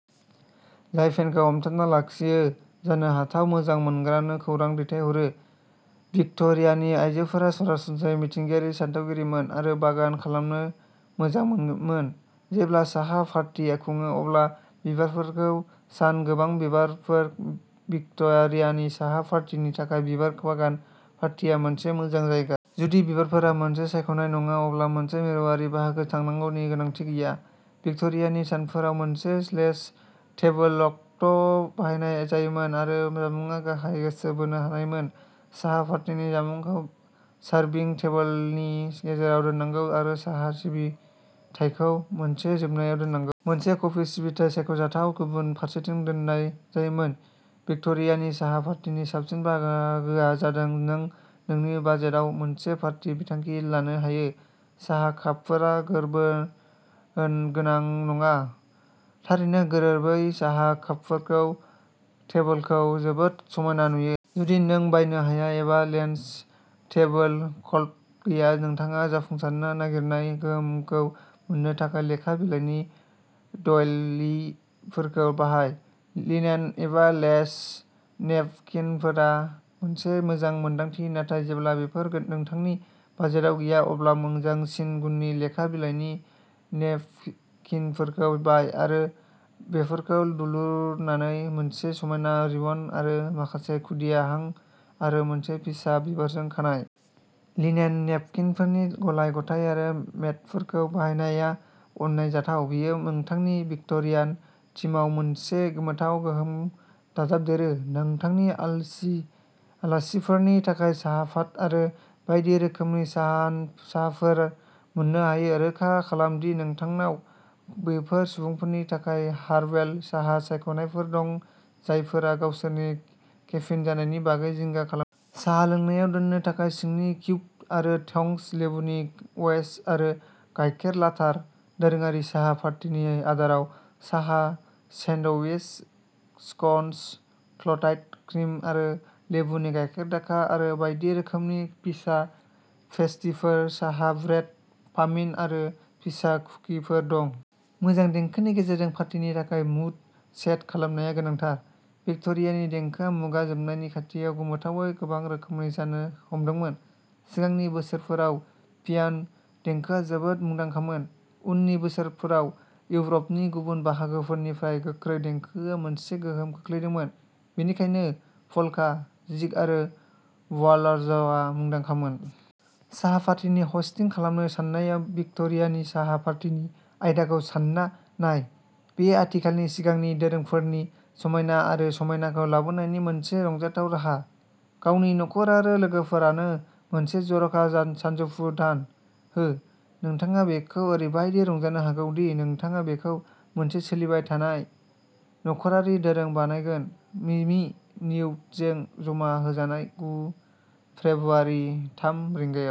जाय फेनखौ हमथाना लाखियो जानो हाथाव मोजां मोनग्रानो खौरां दैथायहरो। भिक्ट'रियानि आइजोफोरा सरासनस्रायै मिथिंगायारि सानथौगिरिमोन आरो बागान खालामनो मोजां मोनोमोन। जेब्ला साहा पार्टी खुङो अब्ला बिबारफोरखौ सान गोबां बिबारफोर भिक्ट'रियानि साहा पार्टीनि थाखाय बिबार बागान पार्टीआ मोनसे मोजां जायगा। जुदि बिबारफोरा मोनसे सायख'नाय नङा अब्ला मोनसे मिरुआरि बाहागो थानांगौनि गोनांथि गैया। भिक्ट'रियानि सानफोराव मोनसे लेस टेबोलक्लथ बाहायनाय जायोमोन आरो जामुंआ गाहाय गोसो बोनो हानायमोन। साहा पार्टीनि जामुंखौ सारभिं टेबोलनि गेजेराव दोननांगौ आरो साहा सिबिथायखौ मोनसे जोबनायाव दोननांगौ। मोनसे कफि सिबिथाइ, सायख'जाथाव, गुबुन फारसेथिं दोननाय जायोमोन। भिक्ट'रियानि साहा पार्टीनि साबसिन बाहागोआ जादों नों नोंनि बाजेटआव मोनसे पार्टी बिथांखि लानो हायो। साहा कापफोरा गोरोबनो गोनां नङा। थारैनो गोरोबै साहा कापफोरा टेबोलखौ जोबोद समायना नुयो। जुदि नों बायनो हाया एबा लेस टेबोलक्लथ गैया नोंथाङा जाफुंसारनो नागिरनाय गोहोमखौ मोन्नो थाखाय लेखा बिलाइनि डइलिफोरखौ बाहाय। लिनेन एबा लेस नेपकिनफोरा मोनसे मोजां मोनदांथि नाथाय जेब्ला बेफोर नोंथांनि बाजेटाव गैया अब्ला मोजांसिन गुननि लेखा बिलाइनि नेपकिनफोरखौ बाय आरो बेफोरखौ दुलुरनानै मोनसे समायना रिबन आरो माखासे खुदिया हां आरो मोनसे फिसा बिबारजों खानाय। लिनेन नेपकिनफोरनि गलाय-गथाय आरो मेटफोरखौ बाहायनाया गनायजाथाव। बेयो नोंथांनि भिक्ट'रियान थीमआव मोनसे गोमोथाव गोहोम दाजाबदेरो। नोंथांनि आलासिफोरनि थाखाय साहाप'ट आरो बायदि रोखोमनि साहाफोर मोन्नो हायो। रोखा खालाम दि नोंथांनाव बैफोर सुबुंफोरनि थाखाय हार्बेल साहा सायख'नायफोर दं जायफोरा गावसोरनि केफिन जानायनि बागै जिंगा खालामो। साहा लोंनायाव दोननो थाखाय सिनि किउब आरो टंस, लेबुनि वेजेस आरो गायखेर लाथार। दोरोङारि साहा पार्टिनि आदाराव साहा सेन्डविच, स्कन्स, क्ल'ट्ड क्रिम आरो लेबुनि गाइखेरदाखा आरो बायदि रोखोमनि फिसा पेस्ट्रीफोर साहा ब्रेड, माफिन आरो फिसा कुकिफोर दं। मोजां देंखोनि गेजेरजों पार्टिनि थाखाय मुड सेट खालामनाया गोनांथार। भिक्ट'रियानि देंखोआ मुगा जोबनायनि खाथियाव गोमोथावै गोबां रोखोमनि जानो हमदोंमोन। सिगांनि बोसोरफोराव पियान' देंखोआ जोबोद मुंदांखामोन। उननि बोसोरफोराव, इउर'पनि गुबुन बाहागोफोरनिफ्राय गोख्रै देंखोआ मोनसे गोहोम खोख्लैदोंमोन, बेनिखायनो पल्का, जिग आरो वाल्ट्जआ मुंदांखामोन। साहा पार्टिनि हस्टिं खालामनो साननायाव, भिक्ट'रियानि साहा पार्टिनि आयदाखौ सान्ना नाय। बेयो आथिखालनि सिगांनि दोरोंफोरनि समायना आरो समायनाखौ लाबोनायनि मोनसे रंजाथाव राहा। गावनि न'खर आरो लोगोफोरनो मोनसे जर'खा सानजौफु दान हो। नोंथाङा बेखौ ओरैबादि रंजानो हागौ दि नोंथाङा बेखौ मोनसे सोलिबाय थानाय नख'रारि दोरों बानायगोन। मिमि निउटनजों जमा होजानाय, गु फेब्रुआरि थाम रिंगायाव।